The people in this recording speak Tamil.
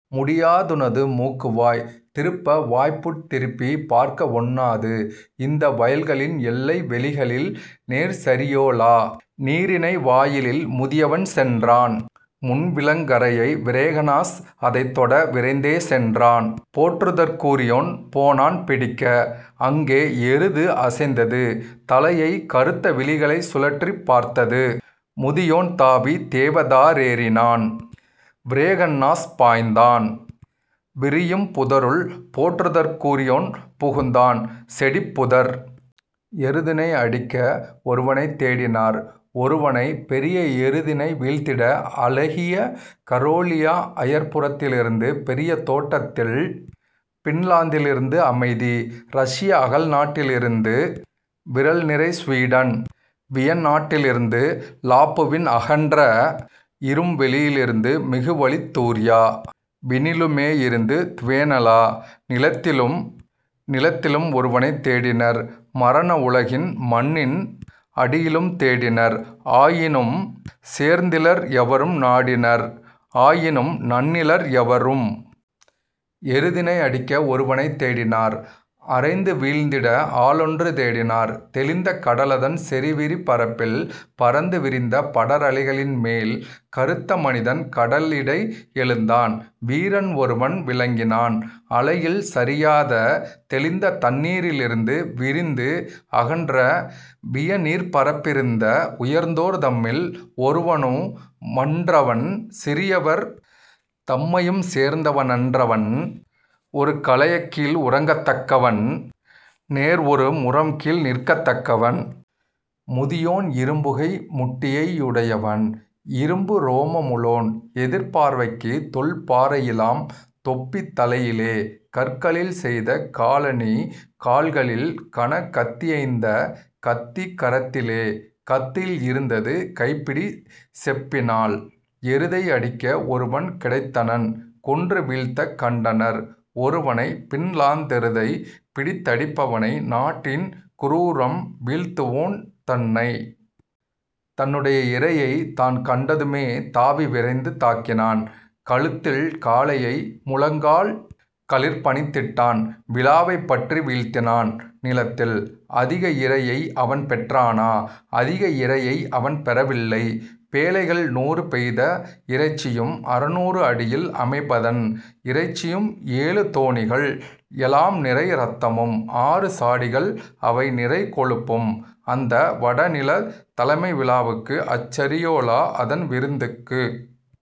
முடியாதுனது மூக்குவாய் திருப்ப வாய்ப்புட் திருப்பிப் பார்க்கவொண்ணாது இந்த வயல்களின் எல்லை வெளிகளில் நேர்சரியோலா நீரிணை வாயிலில். முதியவன் சென்றான் முன்விலங்கறைய விரோகனாஸ் அதைத்தொட விரைந்தே சென்றான் போற்றுதற்குரியோன் போனான் பிடிக்க: அங்கே எருது அசைத்தது தலையை கறுத்த விழிகளைச் சுழற்றிப் பார்த்தது; முதியோன் தாவித் தேவதாரேறினான் விரோகன்னாஸ் பாய்ந்தான் விரியும் புதருள் போற்றுதற்குரியோன் புகுந்தான் செடிப்புதர். எருதினை அடிக்க ஒருவனைத் தேடினர் ஒருவனைப் பெரிய எருதினை வீழ்த்திட அழகிய கரேலியா அயற்புறத்திலிருந்து பெரியதோட்டத்தில் பின்லாந்திலிருந்து அமைதி ரஷ்யா அகல்நாட்டிலிருந்து விறல்நிறை சுவீடன் வியன்நாட்டிலிருந்து லாப்புவின் அகன்ற இரும்வெளியிலிருந்து மிகுவலித்துர்யா வினிலுமேயிருந்து துவோனலா நிலத்திலும் ஒருவனைத் தேடினர் மரண உலகின் மண்ணின் அடியிலும் தேடினர் ஆயினும் சேர்ந்திலர் எவரும் நாடினர் ஆயினும் நண்ணிலர் எவரும். எருதினை அடிக்க ஒருவனைத் தேடினர் அறைந்து வீழ்த்திட ஆளொன்று தேடினர் தெளிந்த கடலதன் செறிவிரி பரப்பில் பரந்து விரிந்த படரலைகளின்மேல். கறுத்த மனிதன் கடலிடை எழுந்தான் வீரன் ஒருவன் விளங்கினான் அலையில் சரியாய்த தெளிந்த தண்ணீரிருந்து விரிந்து அகன்ற வியநீர்ப்பரப்பிருந் உயர்ந்தோர் தம்மில் ஒருவனு மன்றவன் சிறியவர் தம்மையும் சேர்ந்தவ னன்றவன் ஒருகலயக்கீழ் உறங்கத்தக்கவன் நேர்ஒரு முறம்கீழ் நிற்கத்தக்கவன். முதியோன் இரும்புகை முட்டியை யுடையவன் இரும்புரோமமுளோன் எதிர்பார்வைக்கு தொல்பாறையிலாம் தொப்பி தலையிலே கற்களில் செய்த காலணி கால்களில் கனகத்தியைந்த கத்தி கரத்திலே கத்தியில் இருந்தது கைப்பிடி செப்பினால். எருதை அடிக்க ஒருவன் கிடைத்தனன் கொன்று வீழ்த்தக் கண்டனர் ஒருவனை பின்லாந்தெருதைப் பிடித்தடிப்பவனை நாட்டின் குரூரம் வீழ்த்துவோன் தன்னை. தன்னுடை இரையைத் தான்கண்டதுமே தாவி விரைந்து தாக்கினான் கழுத்தில் காளையை முழங்கால் களிற்பணித்திட்டான் விலாவைப் பற்றி வீழ்த்தினான் நிலத்தில். அதிக இரையை அவன்பெற் றானா அதிக இரையை அவன்பெற வில்லை: பேழைகள் நூறு பெய்த இறைச்சியும் அறுநூறு அடியில் அமைபதன் இறைச்சியும் ஏழு தோணிகள் எலாம்நிறை இரத்தமும் ஆறு சாடிகள் அவைநிறை கொழுப்பும் அந்த வடநிலத் தமைவிழாவுக்கு அச்சரியோலா அதன்விருந்துக்கு.